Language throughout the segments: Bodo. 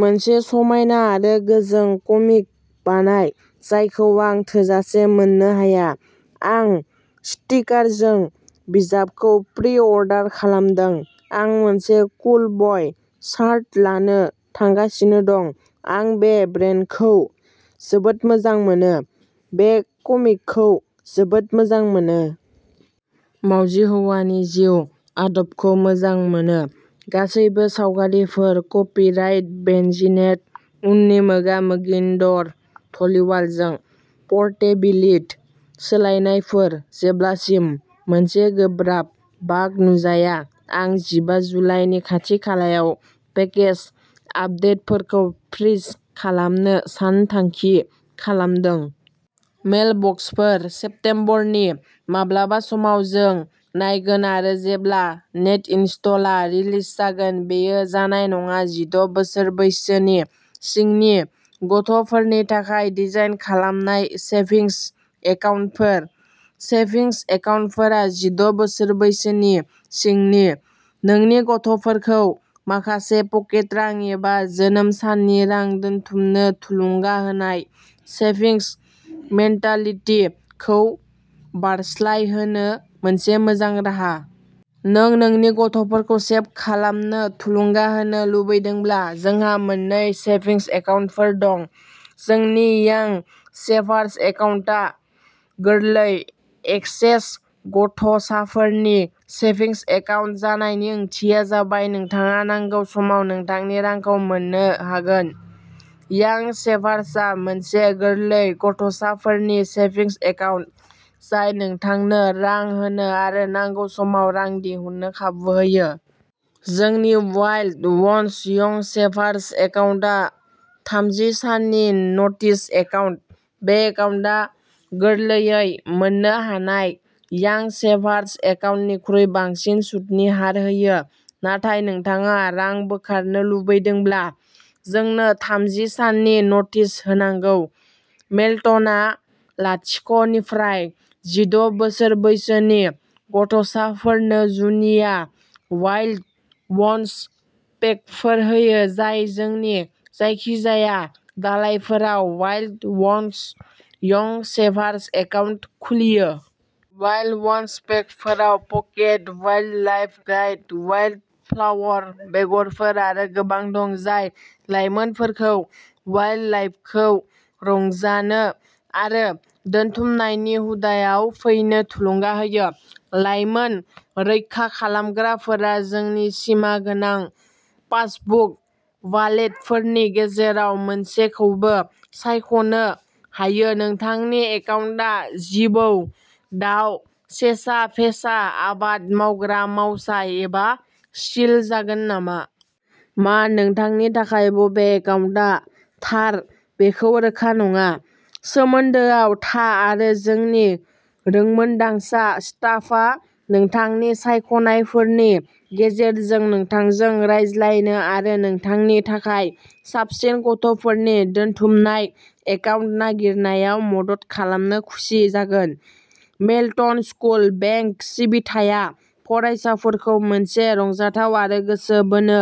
मोनसे समायना आरो गोजों कमिक बानाय जायखौ आं थोजासे मोननो हाया। आं स्टिकारजों बिजाबखौ प्रि-अर्डार खालामदों। आं मोनसे "कुल बय" शार्ट लानो थांगासिनो दं। आं बे ब्रेन्डखौ जोबोद मोजां मोनो। बे कमिकखौ जोबोद मोजां मोनो। मावजि हौवानि जिउ आदबखौ मोजां मोनो। गासैबो सावगारिफोर कपिराइट बेनजि नेट। उननि मोगा-मोगि न्दर धलिवालजों परटेबिलिटि सोलायनायफोर जेब्लासिम मोनसे गोब्राब बाग नुजाया। आं जिबा जुलाइनि खाथि खालायाव पेकेज आपदेटफोरखौ फ्रिज खालामनो सानथांखि खालामदों। मेलबक्सफोर "सेप्तेम्बरनि माब्लाबा समाव" जों नायगोन आरो जेब्ला नेटइनस्टलआ रिलिज जागोन बेयो जानाय नङा जिद' बोसोर बैसोनि सिंनि गथ'फोरनि थाखाय डिजाइन खालामनाय सेभिंस एकाउन्टफोर। सेभिंस एकाउन्टफोरा जिद' बोसोर बैसोनि सिंनि। नोंनि गथ'फोरखौ माखासे पकेट रां एबा जोनोम साननि रां दोनथुमनो थुलुंगा होनाय "सेभिंस मेन्टालिटी" खौ बारस्लायहोनो मोनसे मोजां राहा। नों नोंनि गथ'फोरखौ सेभ खालामनो थुलुंगा होनो लुबैदोंब्ला जोंहा मोननै सेभिंस एकाउन्टफोर दं। जोंनि यांग सेभारस एकाउन्टआ गोरलै एक्सेस गथ'साफोरनि सेभिंस एकाउन्ट जायनि ओंथिया जाबाय नोंथाङा नांगौ समाव नोंथांनि रांखौ मोन्नो हागोन। यांग सेभारसआ मोनसे गोरलै गथ'साफोरनि सेभिंस एकाउन्ट जाय नोंथांनो रां होनो आरो नांगौ समाव रां दिहुननो खाबु होयो। जोंनि वाइल्ड वन्स यंग सेभारस एकाउन्टआ थामजि साननि नोटिस एकाउन्ट। बे एकाउन्टआ गोरलैयै मोननो हानाय यांग सेभारस एकाउन्टनिख्रुइ बांसिन सुतनि हार होयो। नाथाय नोंथाङा रां बोखारनो लुबैदोंब्ला जोंनो थामजि साननि नोटिस होनांगौ। मेल्टनआ लाथिख निफ्राय जिद' बोसोर बैसोनि गथ'साफोरनो जुनिया वाइल्ड वन्स पेकफोर होयो जाय जोंनि जायखिजाया दालायफोराव Wild Ones Young Savers account खुलियो। वाइल्ड वन्स पेकफोराव पकेट वाइल्डलाइफ गाइड, वाइल्डफ्लावर बेगरफोर आरो गोबां दं जाय लाइमोनफोरखौ वाइल्डलाइफखौ रंजानो आरो दोनथुमनायनि हुदाआव फैनो थुलुंगा होयो। लाइमोन रैखा खालामग्राफोरा जोंनि सिमा गोनां पासबुक वालेटफोरनि गेजेराव मोनसेखौबो सायख'नो हायो नोंथांनि एकाउन्टआ जिबौ, दाव, सेसा, फेसा, आबाद मावग्रा माउसा एबा सिल जागोन नामा? मा नोंथांनि थाखाय बबे एकाउन्टआ थार बेखौ रोखा नङा? सोमोन्दोआव था आरो जोंनि रोंमोन्दांसा स्टाफा नोंथांनि सायख'नायफोरनि गेजेरजों नोंथांजों रायज्लायनो आरो नोंथांनि थाखाय साबसिन गथ'फोरनि दोनथुमनाय एकाउन्ट नागिरनायाव मदद खालामनो खुसि जागोन। मेल्टन स्कुल बेंक सिबिथाया फरायसाफोरखौ मोनसे रंजाथाव आरो गोसो बोनो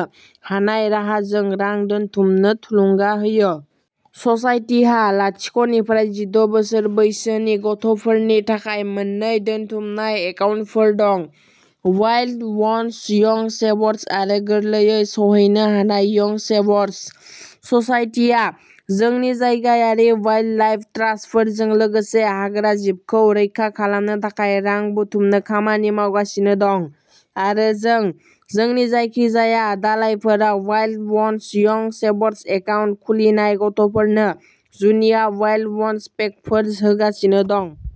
हानाय राहाजों रां दोनथुमनो थुलुंगा होयो। ससाइटिहा लाथिख'निफ्राय जिद' बोसोर बैसोनि गथ'फोरनि थाखाय मोन्नै दोनथुमनाय एकाउन्टफोर दं। वाइल्ड वन्स यंग सेवर्स आरो गोरलैयै सौहैनो हानाय यंग सेवर्स। ससाइटिआ जोंनि जायगायारि वाइल्डलाइफ ट्रास्टफोरजों लोगोसे हाग्राजिबखौ रैखा खालामनो थाखाय रां बुथुमनो खामानि मावगासिनो दं आरो जों जोंनि जायखिजाया दालायफोराव Wild Ones Young Savers account खुलिनाय गथ'फोरनो जुनिया वाइल्ड वन्स पेकफोर होगासिनो दं।